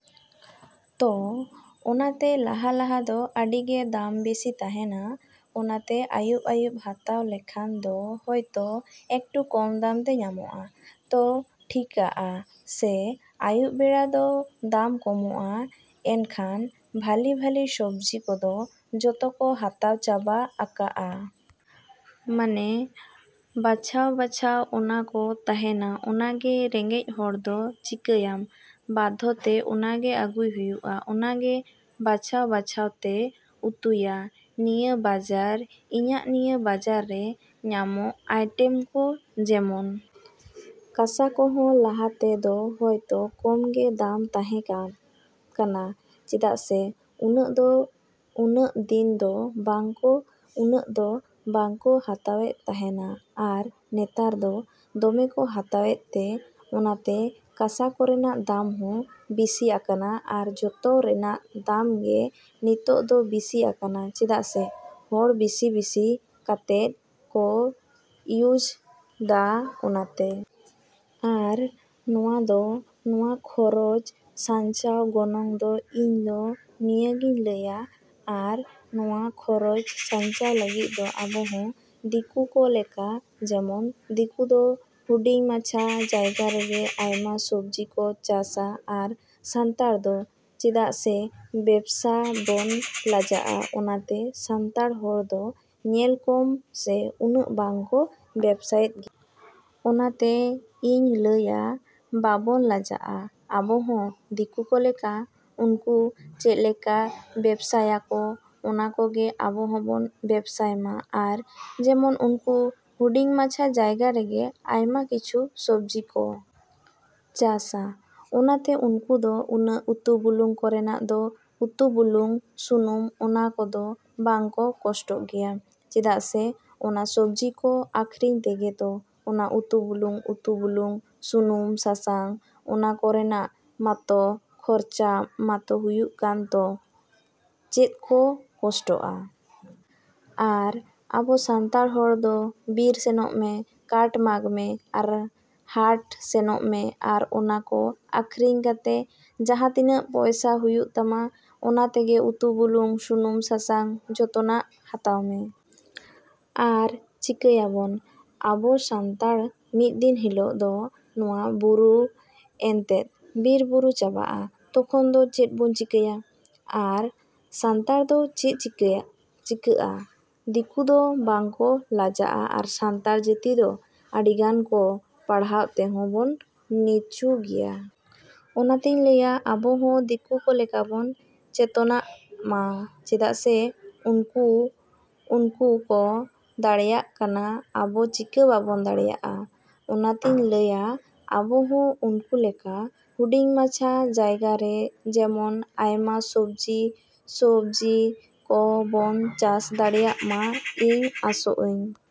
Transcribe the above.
ᱛᱚ ᱚᱱᱟᱛᱮ ᱞᱟᱦᱟ ᱞᱟᱦᱟ ᱫᱚ ᱟᱹᱰᱤ ᱜᱮ ᱫᱟᱢ ᱵᱤᱥᱤ ᱛᱟᱦᱮᱱᱟ᱾ ᱚᱱᱟᱛᱮ ᱟᱹᱭᱩᱵ ᱟᱹᱭᱩᱵ ᱦᱟᱛᱟᱣ ᱞᱮᱠᱷᱟᱱ ᱫᱚ ᱦᱚᱭᱛᱚ ᱮᱠᱴᱩ ᱠᱚᱢ ᱫᱟᱢ ᱛᱮ ᱧᱟᱢᱚᱜᱼᱟ᱾ ᱛᱚ ᱴᱷᱤᱤᱠᱟᱹᱜᱼᱟ ᱥᱮ ᱟᱹᱭᱩᱵ ᱵᱮᱲᱟ ᱫᱚ ᱫᱟᱢ ᱠᱚᱢᱚᱜᱼᱟ ᱮᱱᱠᱷᱟᱱ ᱵᱷᱟᱹᱞᱤ ᱵᱷᱟᱹᱞᱤ ᱥᱚᱵᱡᱤ ᱠᱚᱫᱚ ᱡᱚᱛᱚ ᱠᱚ ᱦᱟᱛᱟᱣ ᱪᱟᱵᱟ ᱟᱠᱟᱜᱼᱟ᱾ ᱢᱟᱱᱮ ᱵᱟᱪᱷᱟᱣ ᱵᱟᱪᱷᱟᱣ ᱚᱱᱟ ᱠᱚ ᱛᱟᱦᱮᱱᱟ ᱚᱱᱟ ᱜᱮ ᱨᱮᱸᱜᱮᱡᱽ ᱦᱚᱲ ᱫᱚ ᱪᱤᱠᱟᱹᱭᱟᱢ ᱵᱟᱫᱽᱫᱷᱚᱛᱮ ᱚᱱᱟ ᱜᱮ ᱟᱹᱜᱩᱭ ᱦᱩᱭᱩᱜᱼᱟ᱾ ᱚᱱᱟ ᱜᱮ ᱵᱟᱪᱷᱟᱣ ᱵᱟᱪᱷᱟᱣ ᱛᱮᱞᱮ ᱩᱛᱩᱭᱟ᱾ ᱱᱤᱭᱟᱹ ᱵᱟᱡᱟᱨ, ᱤᱧᱟᱹᱜ ᱱᱤᱭᱟᱹ ᱵᱟᱡᱟᱨ ᱨᱮ ᱧᱟᱢᱚᱜ ᱟᱭᱴᱮᱢ ᱠᱚ ᱡᱮᱢᱚᱱ ᱠᱟᱥᱟ ᱠᱚᱦᱚᱸ ᱞᱟᱦᱟᱛᱮᱫᱚ ᱦᱚᱭᱛᱚ ᱠᱚᱢ ᱜᱮ ᱫᱟᱢ ᱛᱟᱦᱮᱸ ᱠᱟᱱᱟ ᱪᱮᱫᱟᱜ ᱥᱮ ᱩᱱᱟᱹᱜ ᱫᱚ ᱩᱱᱟᱹᱜ ᱫᱤᱱ ᱫᱚ ᱵᱟᱝ ᱠᱚ ᱩᱱᱟᱹᱜ ᱫᱚ ᱵᱟᱝ ᱠᱚ ᱦᱟᱛᱟᱣᱮᱫ ᱛᱟᱦᱮᱱᱟ ᱟᱨ ᱱᱮᱛᱟᱨ ᱫᱚ ᱫᱚᱢᱮ ᱠᱚ ᱦᱟᱛᱟᱣ ᱛᱮ ᱚᱱᱟᱛᱮ ᱠᱟᱥᱟ ᱠᱚᱨᱮᱱᱟᱜ ᱫᱟᱢ ᱦᱚᱸ ᱵᱤᱥᱤ ᱟᱠᱟᱱᱟ ᱟᱨ ᱡᱚᱛᱚ ᱨᱮᱱᱟᱜ ᱫᱟᱢ ᱜᱮ ᱱᱤᱛᱚᱜ ᱫᱚ ᱵᱤᱥᱤ ᱟᱠᱟᱱᱟ ᱪᱮᱫᱟᱜ ᱥᱮ ᱦᱚᱲ ᱵᱤᱥᱤ ᱵᱤᱥᱤ ᱠᱟᱛᱮᱫ ᱠᱚ ᱤᱭᱩᱡᱽ ᱫᱟ ᱚᱱᱟᱛᱮ᱾ ᱟᱨ ᱱᱚᱣᱟ ᱫᱚ ᱱᱚᱣᱟ ᱠᱷᱚᱨᱚᱪ ᱥᱟᱧᱪᱟᱣ ᱜᱚᱱᱚᱝ ᱫᱚ ᱤᱧ ᱫᱚ ᱱᱤᱭᱟᱹ ᱜᱤᱧ ᱞᱟᱹᱭᱟ᱾ ᱟᱨ ᱱᱚᱣᱟ ᱠᱷᱚᱨᱚᱪ ᱥᱟᱧᱪᱟᱣ ᱞᱟᱹᱜᱤᱫ ᱫᱚ ᱟᱵᱚ ᱦᱚᱸ ᱫᱤᱠᱩ ᱠᱚ ᱞᱮᱠᱟ ᱡᱮᱢᱚᱱ ᱫᱤᱠᱩ ᱫᱚ ᱦᱩᱰᱤᱝ ᱢᱟᱪᱷᱟ ᱡᱟᱭᱜᱟ ᱨᱮᱜᱮ ᱟᱭᱢᱟ ᱥᱚᱵᱡᱤ ᱠᱚ ᱪᱟᱥᱟ ᱟᱨ ᱥᱟᱱᱛᱟᱲ ᱫᱚ ᱪᱮᱫᱟᱜ ᱥᱮ ᱵᱮᱵᱥᱟ ᱵᱚᱱ ᱞᱟᱡᱟᱜᱼᱟ ᱚᱱᱟᱛᱮ ᱥᱟᱱᱛᱟᱲ ᱦᱚᱲ ᱫᱚ ᱧᱮᱞ ᱠᱚᱢ ᱥᱮ ᱩᱱᱟᱹᱜ ᱵᱟᱝ ᱠᱚ ᱵᱮᱵᱥᱟᱭ ᱜᱮᱭᱟ᱾ ᱚᱱᱟᱛᱮ ᱤᱧ ᱞᱟᱹᱭᱟ ᱵᱟᱵᱚᱱ ᱞᱟᱡᱟᱜᱼᱟ, ᱟᱵᱚ ᱦᱚᱸ ᱫᱤᱠᱩ ᱠᱚ ᱞᱮᱠᱟ ᱩᱱᱠᱩ ᱪᱮᱫ ᱞᱮᱠᱟ ᱵᱮᱵᱥᱟᱭᱟ ᱠᱚ ᱚᱱᱠᱟ ᱜᱮ ᱟᱵᱚ ᱦᱚᱸ ᱵᱚᱱ ᱵᱮᱵᱥᱟᱭ ᱢᱟ᱾ ᱟᱨ ᱡᱮᱢᱚᱱ ᱩᱱᱠᱩ ᱦᱩᱰᱤᱝ ᱢᱟᱪᱷᱟ ᱡᱟᱭᱜᱟ ᱨᱮᱜᱮ ᱟᱭᱢᱟ ᱠᱤᱪᱷᱩ ᱥᱚᱵᱡᱤ ᱠᱚ ᱪᱟᱥᱟ ᱚᱱᱟᱛᱮ ᱩᱱᱠᱩ ᱫᱚ ᱩᱱᱟᱹᱜ ᱩᱛᱩ ᱵᱩᱞᱩᱝ ᱠᱚᱨᱮᱱᱟᱜ ᱫᱚ ᱩᱛᱩ ᱵᱩᱞᱩᱝ ᱥᱩᱱᱩᱢ ᱚᱱᱟ ᱠᱚᱫᱚ ᱵᱟᱝ ᱠᱚ ᱠᱚᱥᱴᱚᱜ ᱜᱮᱭᱟ ᱪᱮᱫᱟᱜ ᱥᱮ ᱚᱱᱟ ᱥᱚᱵᱡᱤ ᱠᱚ ᱟᱠᱷᱨᱤᱧ ᱛᱮᱜᱮ ᱛᱚ ᱚᱱᱟ ᱩᱛᱩ ᱵᱩᱞᱩᱝ ᱩᱛᱩ ᱵᱩᱞᱩᱝ ᱥᱩᱱᱩᱢ ᱥᱟᱥᱟᱝ ᱚᱱᱟ ᱠᱚᱨᱮᱱᱟᱜ ᱢᱟᱛᱚ ᱠᱷᱚᱨᱚᱪᱟ ᱢᱟᱛᱚ ᱦᱩᱭᱩᱜ ᱠᱟᱱ ᱛᱚ ᱪᱮᱫ ᱠᱚ ᱠᱚᱥᱴᱚᱜᱼᱟ? ᱟᱨ ᱟᱵᱚ ᱥᱟᱱᱛᱟᱲ ᱦᱚᱲ ᱫᱚ ᱵᱤᱨ ᱥᱮᱱᱚᱜ ᱢᱮ, ᱠᱟᱴ ᱢᱟᱜᱽ ᱢᱮ ᱟᱨ ᱦᱟᱴ ᱥᱮᱱᱚᱜ ᱢᱮ ᱟᱨ ᱚᱱᱟ ᱠᱚ ᱟᱠᱷᱨᱤᱧ ᱠᱟᱛᱮᱫ ᱡᱟᱦᱟᱛᱤᱱᱟᱹᱜ ᱯᱚᱭᱥᱟ ᱦᱩᱭᱩᱜ ᱛᱟᱢᱟ ᱚᱱᱟ ᱛᱮᱜᱮ ᱩᱛᱩ ᱵᱩᱞᱩᱝ ᱥᱩᱱᱩᱢ ᱥᱟᱥᱟᱝ ᱡᱚᱛᱚ ᱱᱟᱜ ᱦᱟᱛᱟᱣ ᱢᱮ᱾ ᱟᱨ ᱪᱤᱠᱟᱹᱭᱟ ᱵᱚᱱ ᱟᱵᱚ ᱥᱟᱱᱛᱟᱲ ᱢᱤᱫ ᱫᱤᱱ ᱦᱤᱞᱚᱜ ᱫᱚ ᱱᱚᱣᱟ ᱵᱩᱨᱩ ᱮᱱᱛᱮᱫ ᱵᱤᱨ ᱵᱩᱨᱩ ᱪᱟᱵᱟᱜᱼᱟ ᱛᱚᱠᱷᱚᱱ ᱫᱚ ᱪᱮᱫ ᱵᱚᱱ ᱪᱤᱠᱟᱹᱭᱟ? ᱟᱨ ᱥᱟᱱᱛᱟᱲ ᱫᱚ ᱪᱮᱫ ᱪᱤᱠᱟᱹᱜᱼᱟ? ᱫᱤᱠᱩ ᱫᱚ ᱵᱟᱝ ᱠᱚ ᱞᱟᱡᱟᱜᱼᱟ ᱟᱨ ᱥᱟᱱᱛᱟᱲ ᱡᱟᱹᱛᱤ ᱫᱚ ᱟᱹᱰᱤ ᱜᱟᱱ ᱜᱮ ᱯᱟᱲᱦᱟᱣ ᱛᱮᱦᱚᱸ ᱵᱚᱱ ᱱᱤᱪᱩ ᱜᱮᱭᱟ᱾ ᱚᱱᱟᱛᱮᱧ ᱞᱟᱹᱭᱟ ᱟᱵᱚ ᱦᱚᱸ ᱫᱤᱠᱩ ᱠᱚ ᱞᱮᱠᱟ ᱵᱚᱱ ᱪᱮᱛᱚᱱᱟᱜ ᱢᱟ ᱪᱮᱫᱟᱜ ᱥᱮ ᱩᱱᱠᱩ ᱩᱱᱠᱩ ᱠᱚ ᱫᱟᱲᱮᱭᱟᱜ ᱠᱟᱱᱟ ᱟᱵᱚ ᱪᱤᱠᱟᱹ ᱵᱟᱵᱚᱱ ᱫᱟᱲᱮᱭᱟᱜᱼᱟ? ᱚᱱᱟᱛᱮᱧ ᱞᱟᱹᱭᱟ ᱟᱵᱚ ᱦᱚᱸ ᱩᱱᱠᱩ ᱞᱮᱠᱟ ᱦᱩᱰᱤᱝ ᱢᱟᱪᱷᱟ ᱡᱟᱭᱜᱟ ᱨᱮ ᱡᱮᱢᱚᱱ ᱟᱭᱢᱟ ᱥᱚᱵᱡᱤ ᱥᱚᱵᱡᱤ ᱠᱚ ᱵᱚᱱ ᱪᱟᱥ ᱫᱟᱲᱮᱭᱟᱜ ᱢᱟ ᱤᱧ ᱟᱥᱚᱜ ᱟᱹᱧ᱾